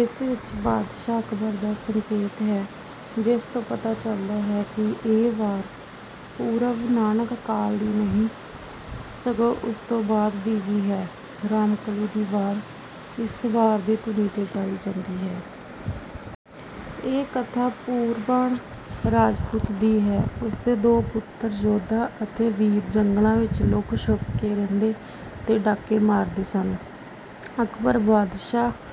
ਇਸ ਵਿੱਚ ਬਾਦਸ਼ਾਹ ਅਕਬਰ ਦਾ ਸੰਕੇਤ ਹੈ ਜਿਸ ਤੋਂ ਪਤਾ ਚਲਦਾ ਹੈ ਕਿ ਇਹ ਵਾਰ ਪੂਰਵ ਨਾਨਕ ਕਾਲ ਦੀ ਨਹੀਂ ਸਗੋਂ ਉਸ ਤੋਂ ਬਾਅਦ ਵੀ ਹੈ। ਰਾਮਕਲੀ ਦੀ ਵਾਰ ਇਸ ਵਾਰ ਦੀ ਧੁਨੀ ਤੇ ਗਾਈ ਜਾਂਦੀ ਹੈ। ਇਹ ਕਥਾ ਪੂਰਬਾਣ ਰਾਜਪੂਤ ਦੀ ਹੈ। ਉਸ ਦੇ ਦੋ ਪੁੱਤਰ ਜੋਧਾ ਅਤੇ ਵੀਰਾ ਜੰਗਲਾ ਵਿੱਚ ਲੁੱਕ ਛਿਪ ਕੇ ਰਹਿੰਦੇ ਤੇ ਡਾਕੇ ਮਾਰਦੇ ਸਨ। ਅਕਬਰ ਬਾਦਸ਼ਾਹ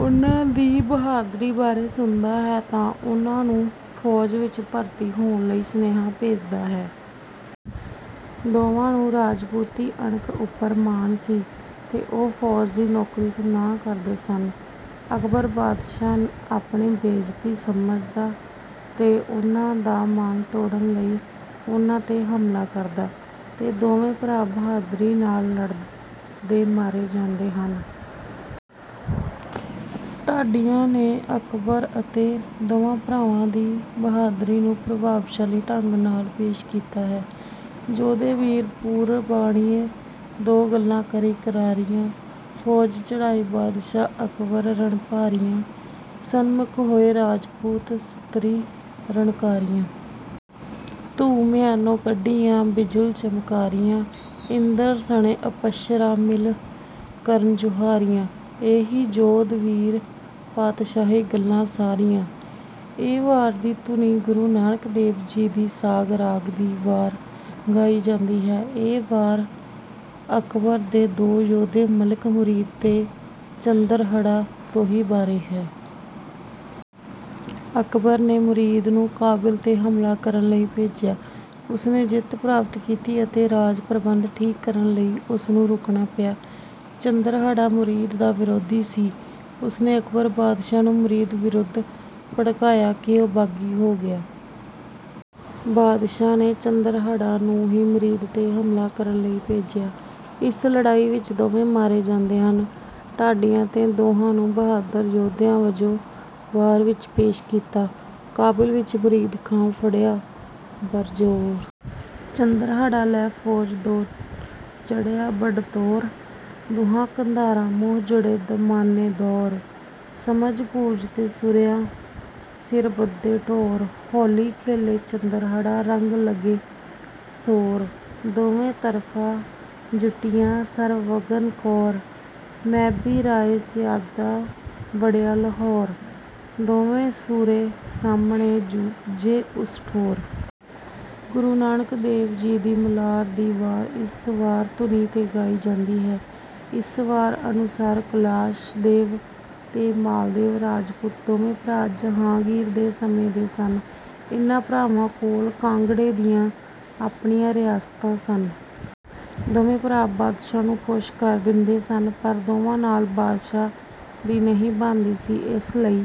ਉਹਨਾਂ ਦੀ ਬਹਾਦਰੀ ਬਾਰੇ ਸੁਣਦਾ ਹੈ ਤਾਂ ਉਹਨਾਂ ਨੂੰ ਫੌਜ਼ ਵਿੱਚ ਭਰਤੀ ਹੋਣ ਲਈ ਸੁਨੇਹਾ ਭੇਜਦਾ ਹੈ। ਦੋਵਾਂ ਨੂੰ ਰਾਜਪੂਤੀ ਅਣਖ ਉਪਰ ਮਾਣ ਸੀ ਤੇ ਉਹ ਫੌਜ਼ ਦੀ ਨੌਕਰੀ ਤੋਂ ਨਾਹ ਕਰਦੇ ਹਨ। ਅਕਬਰ ਬਾਦਸ਼ਾਹ ਆਪਣੀ ਬੇਇੱਜਤੀ ਸਮਝਦਾ ਤੇ ਉਹਨਾਂ ਦਾ ਮਾਣ ਤੋੜ੍ਹਨ ਲਈ ਉਹਨਾਂ ਤੇ ਹਮਲਾ ਕਰਦਾ, ਤੇ ਦੋਵੇ ਭਰਾ ਬਹਾਦਰੀ ਨਾਲ ਲੜ੍ਹਦੇ ਮਾਰੇ ਜਾਂਦੇ ਹਨ। ਢਾਡੀਆਂ ਨੇ ਅਕਬਰ ਅਤੇ ਦੋਵਾਂ ਭਰਾਵਾਂ ਦੀ ਬਹਾਦਰੀ ਨੂੰ ਪ੍ਰਭਾਵਸ਼ਾਲੀ ਢੰਗ ਨਾਲ ਪੇਸ਼ ਕੀਤਾ ਹੈ। ਜੋਧੇ ਬੀਰ ਪੂਰਬਾਣੀਏ ਦੋ ਗੱਲਾ ਕਰੀ ਕਰਾਰੀਆਂ, ਫੌਜ਼ ਚੜ੍ਹਾਈ ਬਾਦਸ਼ਾਹ ਅਕਬਰ ਰਣ ਭਾਰੀਆਂ। ਸਨਮੁੱਖ ਹੋਏ ਰਾਜਪੂਤ ਸੁਤਰੀ ਰਣ ਕਾਰੀਆਂ। ਧੂਹ ਮਿਆਨੋ ਕੱਢੀਆਂ ਬਿਜੁਲ ਚਮਕਾਰੀਆਂ ਇੰਦਰ ਸਣੇ ਅਪੱਛਰਾ ਮਿਲ ਕਰਨ ਜੁਹਾਰੀਆਂ। ਏ ਹੀ ਕੀਤੀ ਜੋਧ ਵੀਰ ਪਾਤਸ਼ਾਹੀ ਗੱਲਾ ਸਾਰੀਆਂ। ਇਹ ਵਾਰ ਦੀ ਧੁਨੀ ਤੇ ਗੁਰੂ ਨਾਨਕ ਦੇਵ ਜੀ ਦੀ ਸਾਝ ਰਾਗ ਦੀ ਵਾਰ ਗਾਈ ਜਾਂਦੀ ਹੈ, ਇਹ ਵਾਰ ਅਕਬਰ ਦੇ ਦੋ ਯੋਧੇ ਮਲਕ ਮੁਰੀਦ ਅਤੇ ਚੰਦਰਹੜ੍ਹਾ ਸੋਹੀ ਬਾਰੇ ਹੈ। ਅਕਬਰ ਨੇ ਮੁਰੀਦ ਨੂੰ ਕਾਬਲ ਤੇ ਹਮਲਾ ਕਰਨ ਲਈ ਭੇਜਿਆ। ਉਸਨੇ ਜਿੱਤ ਪ੍ਰਾਪਤ ਕੀਤੀ ਅਤੇ ਰਾਜ ਪ੍ਰਬੰਧ ਠੀਕ ਕਰਨ ਲਈ ਉਸਨੂੰ ਰੁਕਣਾ ਪਿਆ। ਚੰਦਰਹੜ੍ਹਾ ਮੁਰੀਦ ਦਾ ਵਿਰੋਧੀ ਸੀ ਉਸਨੇ ਅਕਬਰ ਬਾਦਸ਼ਾਹ ਨੂੰ ਮੁਰੀਦ ਵਿਰੁੱਧ ਭੜਕਾਇਆ ਕਿ ਉਹ ਬਾਗੀ ਹੋ ਗਿਆ। ਬਾਦਸ਼ਾਹ ਨੇ ਚੰਦਰਹੜ੍ਹਾ ਨੂੰ ਹੀ ਮੁਰੀਦ ਤੇ ਹਮਲਾ ਕਰਨ ਲਈ ਭੇਜਿਆ। ਇਸ ਲੜ੍ਹਾਈ ਵਿੱਚ ਦੋਵੇਂ ਮਾਰੇ ਜਾਂਦੇ ਹਨ। ਢਾਡੀਆਂ ਤੇ ਦੋਹਾਂ ਨੂੰ ਬਹਾਦਰ ਯੋਧਿਆ ਵਜੋਂ ਵਾਰ ਵਿੱਚ ਪੇਸ਼ ਕੀਤਾ। ਕਾਬੁਲ ਵਿੱਚ ਮੁਰੀਦ ਖਾਂ ਫੜ੍ਹਿਆ ਬੜ ਜ਼ੋਰ। ਚੰਦਹੜ੍ਹਾ ਲੈ ਫੌਜ ਦੋ ਚੜ੍ਹਿਆ ਬਡ ਤੋਰ। ਦੁਹਾ ਕੰਧਾਰਾਂ ਮੁਹ ਜੁੜ੍ਹੇ ਦਾਮਾਨੇ ਦੌਰ। ਸਮਝ ਪਜੂ ਤੇ ਸੂਰਿਆਂ ਸਿਰ ਬੱਧੇ ਟੌਰ। ਹੌਲੀ ਖੇਲੇ ਚੰਦਰਹੜ੍ਹਾ ਰੰਗ ਲਗੇ ਸੌਰ। ਦੋਵੇ ਤਰਫਾ ਜੁਟੀਆਂ ਸਰ ਵਗਨ ਕੌਰ। ਮੈਂ ਭੀ ਰਾਇ ਸਦਾਇਸਾ ਵੜ੍ਹਿਆ ਲਾਹੌਰ ਦੋਵੇ ਸੂਰੇ ਸਾਮਣੇ ਜੂਝੇ ਉਸ ਠੋਰ। ਗੁਰੂ ਨਾਨਕ ਦੇਵ ਜੀ ਦੀ ਮਲਾਰ ਦੀ ਵਾਰ ਇਸ ਵਾਰ ਦੀ ਧੁਨੀ ਤੇ ਗਾਈ ਜਾਂਦੀ ਹੈ। ਇਸ ਵਾਰ ਅਨੁਸਾਰ ਕੈਲਾਸ਼ ਦੇਵ ਤੇ ਮਾਲ ਦੇਵ ਰਾਜਪੂਤ ਦੋਵੇ ਭਰਾ ਜਹਾਂਗੀਰ ਦੇ ਸਮੇਂ ਦੇ ਸਨ। ਇਹਨਾਂ ਭਰਾਵਾਂ ਕੋਲ ਕਾਂਗੜ੍ਹੇ ਦੀਆਂ ਆਪਣੀਆਂ ਰਿਆਸਤਾਂ ਸਨ। ਦੋਵੇਂ ਭਰਾ ਬਾਦਸ਼ਾਹ ਨੂੰ ਖੁੱਸ਼ ਕਰ ਦਿੰਦੇ ਸਨ ਪਰ ਦੋਵਾਂ ਨਾਲ ਬਾਦਸ਼ਾਹ ਦੀ ਬਣਦੀ ਨਹੀਂ ਸੀ। ਇਸ ਲਈ